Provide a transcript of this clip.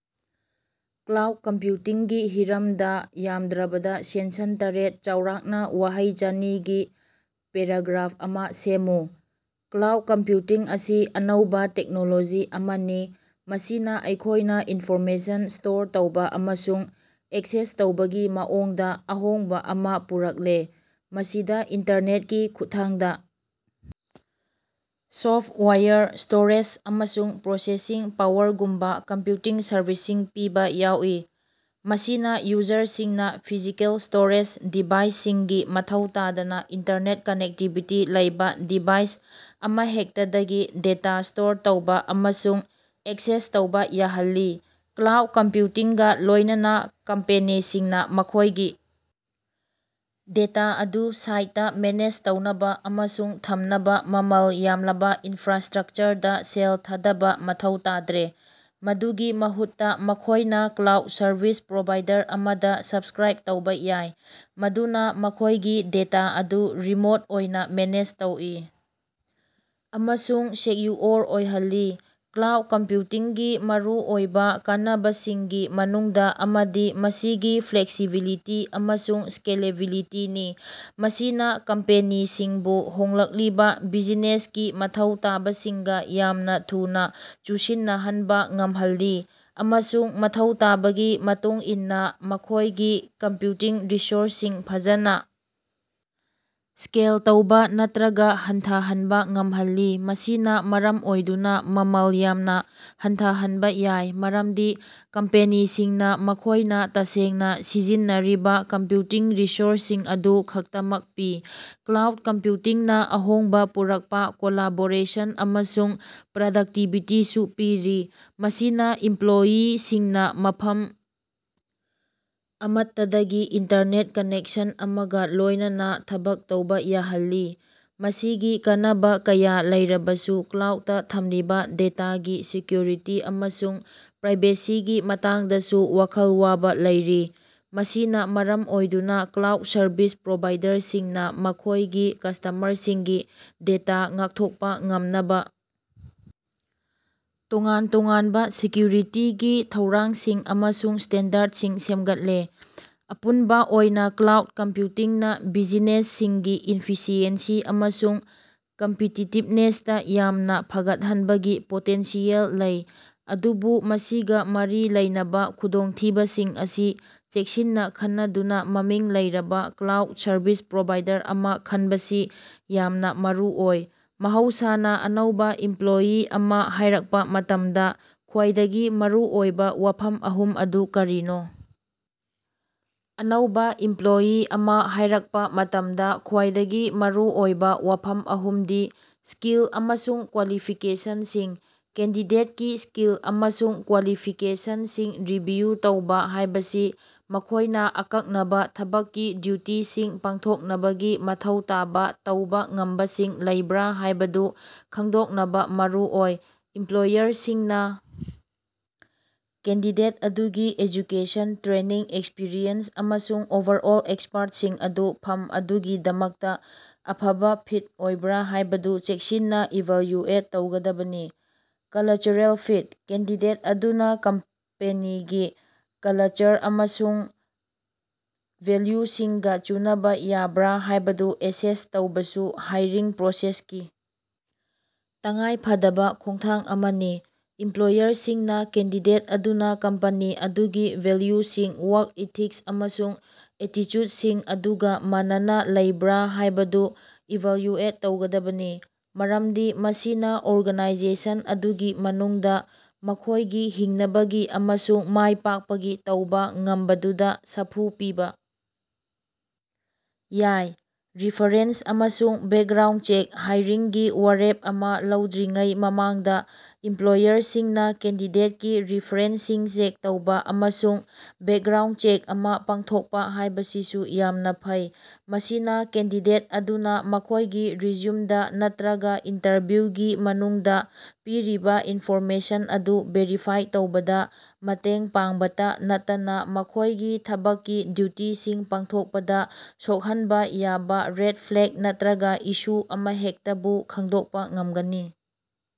Cloud ꯀꯝꯄ꯭ꯌꯨꯇꯤꯡꯒꯤ ꯍꯤꯔꯝꯗ ꯌꯥꯝꯗ꯭ꯔꯕꯗ ꯁꯦꯟꯁꯟ ꯇꯔꯦꯠ ꯆꯥꯎꯔꯥꯛꯅ ꯋꯥꯍꯩ ꯆꯅꯤꯒꯤ ꯄꯦꯔꯥꯒ꯭ꯔꯥꯐ ꯑꯃ ꯁꯦꯝꯃꯨ꯫ ꯀ꯭ꯂꯥꯎꯗ ꯀꯝꯄ꯭ꯌꯨꯇꯤꯡ ꯑꯁꯤ ꯑꯅꯧꯕ ꯇꯦꯛꯅꯣꯂꯣꯖꯤ ꯑꯃꯅꯤ ꯃꯁꯤꯅ ꯑꯩꯈꯣꯏꯅ ꯏꯅꯐꯣꯔꯃꯦꯁꯟ ꯁ꯭ꯇꯣꯔ ꯇꯧꯕ ꯑꯃꯁꯨꯡ ꯑꯦꯛꯁꯦꯁ ꯇꯧꯕꯒꯤ ꯃꯑꯣꯡꯗ ꯑꯍꯣꯡꯕ ꯑꯃ ꯄꯨꯔꯛꯂꯦ꯫ ꯃꯁꯤꯗ ꯏꯟꯇꯔꯅꯦꯠꯀꯤ ꯈꯨꯠꯊꯥꯡꯗ ꯁꯣꯐꯇꯋꯥꯌꯔ, ꯁ꯭ꯇꯣꯔꯦꯖ, ꯑꯃꯁꯨꯡ ꯄ꯭ꯔꯣꯁꯦꯁꯤꯡ ꯄꯥꯋꯔꯒꯨꯝꯕ ꯀꯝꯄ꯭ꯌꯨꯇꯤꯡ ꯁꯔꯚꯤꯁꯁꯤꯡ ꯄꯤꯕ ꯌꯥꯎꯏ꯫ ꯃꯁꯤꯅ ꯌꯨꯖꯔꯁꯤꯡꯅ ꯐꯤꯖꯤꯀꯦꯜ ꯁ꯭ꯇꯣꯔꯦꯖ ꯗꯤꯚꯥꯏꯁꯁꯤꯡꯒꯤ ꯃꯊꯧ ꯇꯥꯗꯅ ꯏꯟꯇꯔꯅꯦꯠ ꯀꯅꯦꯛꯇꯤꯚꯤꯇꯤ ꯂꯩꯕ ꯗꯤꯚꯥꯏꯁ ꯑꯃꯍꯦꯛꯇꯗꯒꯤ ꯗꯦꯇꯥ ꯁ꯭ꯇꯣꯔ ꯇꯧꯕ ꯑꯃꯁꯨꯡ ꯑꯦꯛꯁꯦꯁ ꯇꯧꯕ ꯌꯥꯍꯜꯂꯤ꯫ ꯀ꯭ꯂꯥꯎꯗ ꯀꯝꯄ꯭ꯌꯨꯇꯤꯡꯒ ꯂꯣꯏꯅꯅ ꯀꯝꯄꯦꯅꯤꯁꯤꯡꯅ ꯃꯈꯣꯏꯒꯤ ꯗꯦꯇꯥ ꯑꯗꯨ ꯁꯥꯏꯠꯇ ꯃꯦꯅꯦꯖ ꯇꯧꯅꯕ ꯑꯃꯁꯨꯡ ꯊꯝꯅꯕ ꯃꯃꯜ ꯌꯥꯝꯂꯕ ꯏꯅꯐ꯭ꯔꯥꯁ꯭ꯇꯔꯛꯆꯔꯗ ꯁꯦꯜ ꯊꯥꯗꯕ ꯃꯊꯧ ꯇꯥꯗ꯭ꯔꯦ꯫ ꯃꯗꯨꯒꯤ ꯃꯍꯨꯠꯇ ꯃꯈꯣꯏꯅ ꯀ꯭ꯂꯥꯎꯗ ꯁꯔꯚꯤꯁ ꯄ꯭ꯔꯣꯚꯥꯏꯗꯔ ꯑꯃꯗ ꯁꯕꯁ꯭ꯀꯔꯥꯏꯕ ꯇꯧꯕ ꯌꯥꯏ꯫ ꯃꯗꯨꯅ ꯃꯈꯣꯏꯒꯤ ꯗꯦꯇꯥ ꯑꯗꯨ ꯔꯤꯃꯣꯠ ꯑꯣꯏꯅ ꯃꯦꯅꯦꯖ ꯇꯧꯏ ꯫ ꯑꯃꯁꯨꯡ ꯁꯦꯛꯌꯨꯑꯣꯔ ꯑꯣꯏꯍꯜꯂꯤ꯫ ꯀ꯭ꯂꯥꯎꯗ ꯀꯝꯞꯌꯨꯇꯤꯡꯒꯤ ꯃꯔꯨꯑꯣꯏꯕ ꯀꯥꯟꯅꯕꯁꯤꯡꯒꯤ ꯃꯅꯨꯡꯗ ꯑꯃꯗꯤ ꯃꯁꯤꯒꯤ ꯐ꯭ꯂꯦꯛꯁꯤꯕꯤꯂꯤꯇꯤ ꯑꯃꯁꯨꯡ ꯁ꯭ꯀꯦꯂꯦꯕꯤꯂꯤꯇꯤꯅꯤ꯫ ꯃꯁꯤꯅ ꯀꯝꯄꯦꯅꯤꯁꯤꯡꯕꯨ ꯍꯣꯡꯂꯛꯂꯤꯕ ꯕꯤꯖꯤꯅꯦꯁꯀꯤ ꯃꯊꯧ ꯇꯥꯕꯁꯤꯡꯒ ꯌꯥꯝꯅ ꯊꯨꯅ ꯆꯨꯁꯤꯟꯅꯍꯟꯕ ꯉꯝꯍꯜꯂꯤ ꯫ ꯑꯃꯁꯨꯡ ꯃꯊꯧ ꯇꯥꯕꯒꯤ ꯃꯇꯨꯡ ꯏꯟꯅ ꯃꯈꯣꯏꯒꯤ ꯀꯝꯄ꯭ꯌꯨꯇꯤꯡ ꯔꯤꯁꯣꯔꯁꯁꯤꯡ ꯐꯖꯅ ꯁ꯭ꯀꯦꯜ ꯇꯧꯕ ꯅꯠꯇ꯭ꯔꯒ ꯍꯟꯊꯍꯟꯕ ꯉꯝꯍꯜꯂꯤ꯫ ꯃꯁꯤꯅ ꯃꯔꯝ ꯑꯣꯏꯗꯨꯅ ꯃꯃꯜ ꯌꯥꯝꯅ ꯍꯟꯊꯍꯟꯕ ꯌꯥꯏ ꯃꯔꯝꯗꯤ ꯀꯝꯄꯦꯅꯤꯁꯤꯡꯅ ꯃꯈꯣꯏꯅ ꯇꯁꯦꯡꯅ ꯁꯤꯖꯤꯟꯅꯔꯤꯕ ꯀꯝꯄ꯭ꯌꯨꯇꯤꯡ ꯔꯤꯁꯣꯔꯁꯁꯤꯡ ꯑꯗꯨ ꯈꯛꯇꯃꯛ ꯄꯤ꯫ ꯀ꯭ꯂꯥꯎꯗ ꯀꯝꯄ꯭ꯌꯨꯇꯤꯡꯅ ꯑꯍꯣꯡꯕ ꯄꯨꯔꯛꯄ ꯀꯣꯂꯥꯕꯣꯔꯦꯁꯟ ꯑꯃꯁꯨꯡ ꯄ꯭ꯔꯗꯛꯇꯤꯕꯤꯇꯤꯁꯨ ꯄꯤꯔꯤ꯫ ꯃꯁꯤꯅ ꯏꯃꯞꯂꯣꯌꯤꯁꯤꯡꯅ ꯃꯐꯝ ꯑꯃꯠꯇꯗꯒꯤ ꯏꯟꯇꯔꯅꯦꯠ ꯀꯅꯦꯛꯁꯟ ꯑꯃꯒ ꯂꯣꯏꯅꯅ ꯊꯕꯛ ꯇꯧꯕ ꯌꯥꯍꯜꯂꯤ꯫ ꯃꯁꯤꯒꯤ ꯀꯥꯟꯅꯕ ꯀꯌꯥ ꯂꯩꯔꯕꯁꯨ ꯀ꯭ꯂꯥꯎꯗꯇ ꯊꯝꯂꯤꯕ ꯗꯦꯇꯥꯒꯤ ꯁꯦꯛꯌꯨꯔꯤꯇꯤ ꯑꯃꯁꯨꯡ ꯄ꯭ꯔꯥꯏꯕꯦꯁꯤꯒꯤ ꯃꯇꯥꯡꯗꯁꯨ ꯋꯥꯈꯜ ꯋꯥꯕ ꯂꯩꯔꯤ꯫ ꯃꯁꯤꯅ ꯃꯔꯝ ꯑꯣꯏꯗꯨꯅ ꯀ꯭ꯂꯥꯎꯗ ꯁꯔꯕꯤꯁ ꯄ꯭ꯔꯣꯚꯥꯏꯗꯔꯁꯤꯡꯅ ꯃꯈꯣꯏꯒꯤ ꯀꯁ꯭ꯇꯃꯔꯁꯤꯡꯒꯤ ꯗꯦꯇꯥ ꯉꯥꯛꯊꯣꯛꯄ ꯉꯝꯅꯕ ꯇꯣꯉꯥꯟ ꯇꯣꯉꯥꯟꯕ ꯁꯦꯛꯌꯨꯔꯤꯇꯤꯒꯤ ꯊꯧꯔꯥꯡꯁꯤꯡ ꯑꯃꯁꯨꯡ ꯁ꯭ꯇꯦꯟꯗꯔꯗꯁꯤꯡ ꯁꯦꯝꯒꯠꯂꯦ꯫ ꯑꯄꯨꯟꯕ ꯑꯣꯏꯅ ꯀ꯭ꯂꯥꯎꯗ ꯀꯝꯄ꯭ꯌꯨꯇꯤꯡꯅ ꯕꯤꯖꯤꯅꯦꯁꯁꯤꯡꯒꯤ ꯏꯐꯤꯁꯤꯑꯦꯟꯁꯤ ꯑꯃꯁꯨꯡ ꯀꯝꯄꯤꯇꯤꯇꯤꯞꯅꯦꯁꯇ ꯌꯥꯝꯅ ꯐꯒꯠꯍꯟꯕꯒꯤ ꯄꯣꯇꯦꯟꯁꯤꯌꯦꯜ ꯂꯩ꯫ ꯑꯗꯨꯕꯨ ꯃꯁꯤꯒ ꯃꯔꯤ ꯂꯩꯅꯕ ꯈꯨꯗꯣꯡꯊꯤꯕꯁꯤꯡ ꯑꯁꯤ ꯆꯦꯛꯁꯤꯟꯅ ꯈꯟꯅꯗꯨꯅ ꯃꯃꯤꯡ ꯂꯩꯔꯕ ꯀ꯭ꯂꯥꯎꯗ ꯁꯔꯕꯤꯁ ꯄ꯭ꯔꯣꯚꯥꯏꯗꯔ ꯑꯃ ꯈꯟꯕꯁꯤ ꯌꯥꯝꯅ ꯃꯔꯨꯑꯣꯏ꯫ ꯃꯍꯧꯁꯥꯅ ꯑꯅꯧꯕ ꯏꯝꯞꯂꯣꯌꯤ ꯑꯃ ꯍꯥꯏꯔꯛꯄ ꯃꯇꯝꯗ ꯈ꯭ꯋꯥꯏꯗꯒꯤ ꯃꯔꯨꯑꯣꯏꯕ ꯋꯥꯐꯝ ꯑꯍꯨꯝ ꯑꯗꯨ ꯀꯔꯤꯅꯣ? ꯑꯅꯧꯕ ꯏꯃꯞꯂꯣꯌꯤ ꯑꯃ ꯍꯥꯏꯔꯛꯄ ꯃꯇꯝꯗ ꯈ꯭ꯋꯥꯏꯗꯒꯤ ꯃꯔꯨꯑꯣꯏꯕ ꯋꯥꯐꯝ ꯑꯍꯨꯝꯗꯤ: ꯁ꯭ꯀꯤꯜ ꯑꯃꯁꯨꯡ ꯀ꯭ꯋꯥꯂꯤꯐꯤꯀꯦꯁꯟꯁꯤꯡ: ꯀꯦꯟꯗꯤꯗꯦꯠꯀꯤ ꯁ꯭ꯀꯤꯜ ꯑꯃꯁꯨꯡ ꯀ꯭ꯋꯥꯂꯤꯐꯤꯀꯦꯁꯟꯁꯤꯡ ꯔꯤꯚꯤꯌꯨ ꯇꯧꯕ ꯍꯥꯏꯕꯁꯤ ꯃꯈꯣꯏꯅ ꯑꯀꯛꯅꯕ ꯊꯕꯛꯀꯤ ꯗ꯭ꯌꯨꯇꯤꯁꯤꯡ ꯄꯥꯡꯊꯣꯛꯅꯕꯒꯤ ꯃꯊꯧ ꯇꯥꯕ ꯇꯧꯕ ꯉꯝꯕꯁꯤꯡ ꯂꯩꯕ꯭ꯔ ꯍꯥꯏꯕꯗꯨ ꯈꯪꯗꯣꯛꯅꯕ ꯃꯔꯨꯑꯣꯏ꯫ ꯏꯝꯄꯂꯣꯌꯔꯁꯤꯡꯅ ꯀꯦꯟꯗꯤꯗꯦꯠ ꯑꯗꯨꯒꯤ ꯑꯦꯖꯨꯀꯦꯁꯟ, ꯇ꯭ꯔꯦꯅꯤꯡ, ꯑꯦꯛꯁꯄꯤꯔꯤꯑꯦꯟꯁ ꯑꯃꯁꯨꯡ ꯑꯣꯚꯔꯑꯣꯜ ꯑꯦꯛꯁꯄꯔꯇꯁꯤꯡ ꯑꯗꯨ ꯐꯝ ꯑꯗꯨꯒꯤꯗꯃꯛꯇ ꯑꯐꯕ ꯐꯤꯠ ꯑꯣꯏꯕ꯭ꯔ ꯍꯥꯏꯕꯗꯨ ꯆꯦꯛꯁꯤꯟꯅ ꯏꯚꯥꯜꯌꯨꯑꯦꯠ ꯇꯧꯒꯗꯕꯅꯤ꯫ ꯀꯂꯆꯔꯦꯜ ꯐꯤꯠ: ꯀꯦꯟꯗꯤꯗꯦꯠ ꯑꯗꯨꯅ ꯀꯝꯄꯦꯅꯤꯒꯤ ꯀꯂꯆꯔ ꯑꯃꯁꯨꯡ ꯚꯦꯜꯌꯨꯁꯤꯡꯒ ꯆꯨꯅꯕ ꯌꯥꯕꯔ ꯍꯥꯏꯕꯗꯨ ꯑꯦꯁꯦꯁ ꯇꯧꯕꯁꯨ ꯍꯥꯏꯔꯤꯡ ꯄ꯭ꯔꯣꯁꯦꯁꯀꯤ ꯇꯉꯥꯏ ꯐꯗꯕ ꯈꯣꯡꯊꯥꯡ ꯑꯃꯅꯤ꯫ ꯏꯃꯞꯂꯣꯌꯔꯁꯤꯡꯅ ꯀꯦꯟꯗꯤꯗꯦꯠ ꯑꯗꯨꯅ ꯀꯝꯄꯅꯤ ꯑꯗꯨꯒꯤ ꯚꯦꯜꯌꯨꯁꯤꯡ, ꯋꯥꯔꯛ ꯏꯊꯤꯛꯁ ꯑꯃꯁꯨꯡ ꯑꯦꯇꯤꯆꯨꯗꯁꯤꯡ ꯑꯗꯨꯒ ꯃꯥꯟꯅꯅ ꯂꯩꯕ꯭ꯔꯥ ꯍꯥꯏꯕꯗꯨ ꯏꯚꯥꯜꯌꯨꯑꯦꯠ ꯇꯧꯒꯗꯕꯅꯤ꯫ ꯃꯔꯝꯗꯤ ꯃꯁꯤꯅ ꯑꯣꯔꯒꯥꯅꯥꯏꯖꯦꯁꯟ ꯑꯗꯨꯒꯤ ꯃꯅꯨꯡꯗ ꯃꯈꯣꯏꯒꯤ ꯍꯤꯡꯅꯕꯒꯤ ꯑꯃꯁꯨꯡ ꯃꯥꯏꯄꯥꯛꯄꯒꯤ ꯇꯧꯕ ꯉꯝꯕꯗꯨꯗ ꯁꯥꯐꯨ ꯄꯤꯕ ꯌꯥꯏ꯫ ꯔꯦꯐꯥꯔꯦꯟꯁ ꯑꯃꯁꯨꯡ ꯕꯦꯀꯒ꯭ꯔꯥꯎꯟꯗ ꯆꯦꯛ: ꯍꯥꯏꯔꯤꯡꯒꯤ ꯋꯥꯔꯦꯞ ꯑꯃ ꯂꯧꯗ꯭ꯔꯤꯉꯩ ꯃꯃꯥꯡꯗ, ꯏꯃꯞꯂꯣꯌꯔꯁꯤꯡꯅ ꯀꯦꯟꯗꯤꯗꯦꯠꯀꯤ ꯔꯤꯐꯔꯦꯟꯁꯁꯤꯡ ꯆꯦꯛ ꯇꯧꯕ ꯑꯃꯁꯨꯡ ꯕꯦꯀꯒ꯭ꯔꯥꯎꯟꯗ ꯆꯦꯛ ꯑꯃ ꯄꯥꯡꯊꯣꯛꯄ ꯍꯥꯏꯕꯁꯤꯁꯨ ꯌꯥꯝꯅ ꯐꯩ꯫ ꯃꯁꯤꯅ ꯀꯦꯟꯗꯤꯗꯦꯠ ꯑꯗꯨꯅ ꯃꯈꯣꯏꯒꯤ ꯔꯤꯖ꯭ꯌꯨꯝꯗ ꯅꯠꯇ꯭ꯔꯒ ꯏꯟꯇꯔꯚ꯭ꯌꯨꯒꯤ ꯃꯅꯨꯡꯗ ꯄꯤꯔꯤꯕ ꯏꯅꯐꯣꯔꯃꯦꯁꯟ ꯑꯗꯨ ꯚꯦꯔꯤꯐꯥꯏ ꯇꯧꯕꯗ ꯃꯇꯦꯡ ꯄꯥꯡꯕꯇ ꯅꯠꯇꯅ ꯃꯈꯣꯢꯒꯤ ꯊꯕꯛꯀꯤ ꯗ꯭ꯌꯨꯇꯤꯁꯤꯡ ꯄꯥꯡꯊꯣꯛꯄꯗ ꯁꯣꯛꯍꯟꯕ ꯌꯥꯕ ꯔꯦꯗ ꯐ꯭ꯂꯦꯒ ꯅꯠꯇ꯭ꯔꯒ ꯏꯁꯨ ꯑꯃꯍꯦꯛꯇꯕꯨ ꯈꯪꯗꯣꯛꯄ ꯉꯝꯒꯅꯤ꯫।